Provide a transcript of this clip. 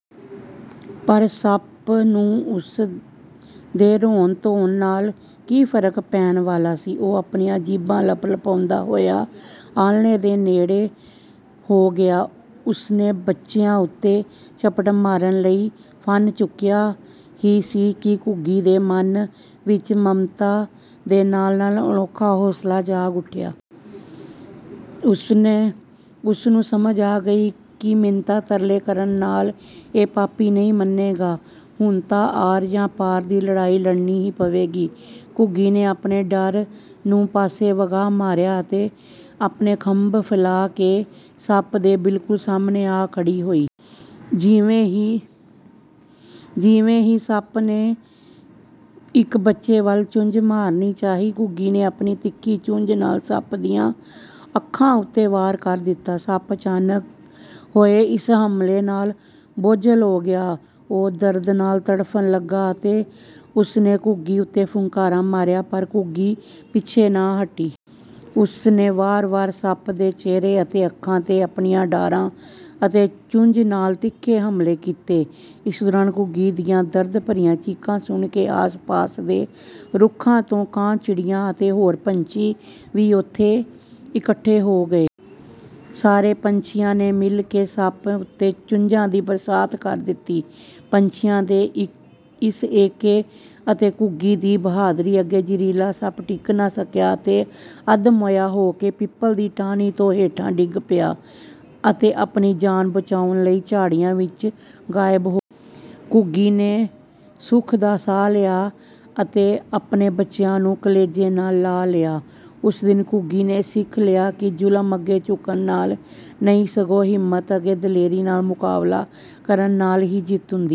ਪਰ ਸੱਪ ਨੂੰ ਉਸ ਦੇ ਰੋਣ-ਧੋਣ ਨਾਲ ਕੀ ਫ਼ਰਕ ਪੈਣ ਵਾਲਾ ਸੀ! ਉਹ ਆਪਣੀ ਜੀਭ ਲਪਲਪਾਉਂਦਾ ਹੋਇਆ ਆਹਲਣੇ ਦੇ ਹੋਰ ਨੇੜੇ ਹੋ ਗਿਆ। ਉਸ ਨੇ ਬੱਚਿਆਂ ਉੱਤੇ ਝਪਟ ਮਾਰਨ ਲਈ ਫਣ ਚੁੱਕਿਆ ਹੀ ਸੀ ਕਿ ਘੁੱਗੀ ਦੇ ਮਨ ਵਿੱਚ ਮਮਤਾ ਦੇ ਨਾਲ-ਨਾਲ ਇੱਕ ਅਨੋਖਾ ਹੌਂਸਲਾ ਜਾਗ ਉੱਠਿਆ। ਉਸ ਨੂੰ ਸਮਝ ਆ ਗਈ ਕਿ ਮਿੰਨਤਾਂ-ਤਰਲੇ ਕਰਨ ਨਾਲ ਇਹ ਪਾਪੀ ਨਹੀਂ ਮੰਨੇਗਾ, ਹੁਣ ਤਾਂ ਆਰ ਜਾਂ ਪਾਰ ਦੀ ਲੜਾਈ ਲੜਨੀ ਹੀ ਪਵੇਗੀ। ਘੁੱਗੀ ਨੇ ਆਪਣੇ ਡਰ ਨੂੰ ਪਾਸੇ ਵਗਾਹ ਮਾਰਿਆ ਅਤੇ ਆਪਣੇ ਖੰਭ ਫੈਲਾ ਕੇ ਸੱਪ ਦੇ ਬਿਲਕੁਲ ਸਾਹਮਣੇ ਆ ਖੜ੍ਹੀ ਹੋਈ। ਜਿਵੇਂ ਹੀ ਸੱਪ ਨੇ ਇੱਕ ਬੱਚੇ ਵੱਲ ਚੁੰਝ ਮਾਰਨੀ ਚਾਹੀ, ਘੁੱਗੀ ਨੇ ਆਪਣੀ ਤਿੱਖੀ ਚੁੰਝ ਨਾਲ ਸੱਪ ਦੀਆਂ ਅੱਖਾਂ ਉੱਤੇ ਵਾਰ ਕਰ ਦਿੱਤਾ! ਸੱਪ ਅਚਾਨਕ ਹੋਏ ਇਸ ਹਮਲੇ ਨਾਲ ਬੋਝਲ ਹੋ ਗਿਆ। ਉਹ ਦਰਦ ਨਾਲ ਤੜਫਣ ਲੱਗਾ ਅਤੇ ਉਸ ਨੇ ਘੁੱਗੀ ਉੱਤੇ ਫੁੰਕਾਰਾ ਮਾਰਿਆ, ਪਰ ਘੁੱਗੀ ਪਿੱਛੇ ਨਾ ਹਟੀ। ਉਸ ਨੇ ਵਾਰ-ਵਾਰ ਸੱਪ ਦੇ ਚਿਹਰੇ ਅਤੇ ਅੱਖਾਂ 'ਤੇ ਆਪਣੀਆਂ ਡਾਰਾਂ ਅਤੇ ਚੁੰਝ ਨਾਲ ਤਿੱਖੇ ਹਮਲੇ ਕੀਤੇ। ਇਸੇ ਦੌਰਾਨ ਘੁੱਗੀ ਦੀਆਂ ਦਰਦ ਭਰੀਆਂ ਚੀਕਾਂ ਸੁਣ ਕੇ ਆਸ-ਪਾਸ ਦੇ ਰੁੱਖਾਂ ਤੋਂ ਕਾਂ, ਚਿੜੀਆਂ ਅਤੇ ਹੋਰ ਪੰਛੀ ਵੀ ਉੱਥੇ ਇਕੱਠੇ ਹੋ ਗਏ। ਸਾਰੇ ਪੰਛੀਆਂ ਨੇ ਮਿਲ ਕੇ ਸੱਪ ਉੱਤੇ ਚੁੰਝਾਂ ਦੀ ਬਰਸਾਤ ਕਰ ਦਿੱਤੀ। ਪੰਛੀਆਂ ਦੇ ਇਸ ਏਕੇ ਅਤੇ ਘੁੱਗੀ ਦੀ ਬਹਾਦਰੀ ਅੱਗੇ ਜ਼ਹਿਰੀਲਾ ਸੱਪ ਟਿਕ ਨਾ ਸਕਿਆ। ਉਹ ਅੱਧਮੋਇਆ ਹੋ ਕੇ ਪਿੱਪਲ ਦੀ ਟਾਹਣੀ ਤੋਂ ਹੇਠਾਂ ਡਿੱਗ ਪਿਆ ਅਤੇ ਆਪਣੀ ਜਾਨ ਬਚਾਉਣ ਲਈ ਝਾੜੀਆਂ ਵਿੱਚ ਗਾਇਬ ਹੋ ਗਿਆ। ਘੁੱਗੀ ਨੇ ਸੁੱਖ ਦਾ ਸਾਹ ਲਿਆ ਅਤੇ ਆਪਣੇ ਬੱਚਿਆਂ ਨੂੰ ਕਲੇਜੇ ਨਾਲ ਲਾ ਲਿਆ। ਉਸ ਦਿਨ ਘੁੱਗੀ ਨੇ ਸਿੱਖ ਲਿਆ ਕਿ ਜ਼ੁਲਮ ਅੱਗੇ ਝੁਕਣ ਨਾਲ ਨਹੀਂ, ਸਗੋਂ ਹਿੰਮਤ ਅਤੇ ਦਲੇਰੀ ਨਾਲ ਮੁਕਾਬਲਾ ਕਰਨ ਨਾਲ ਹੀ ਜਿੱਤ ਹੁੰਦੀ ਹੈ।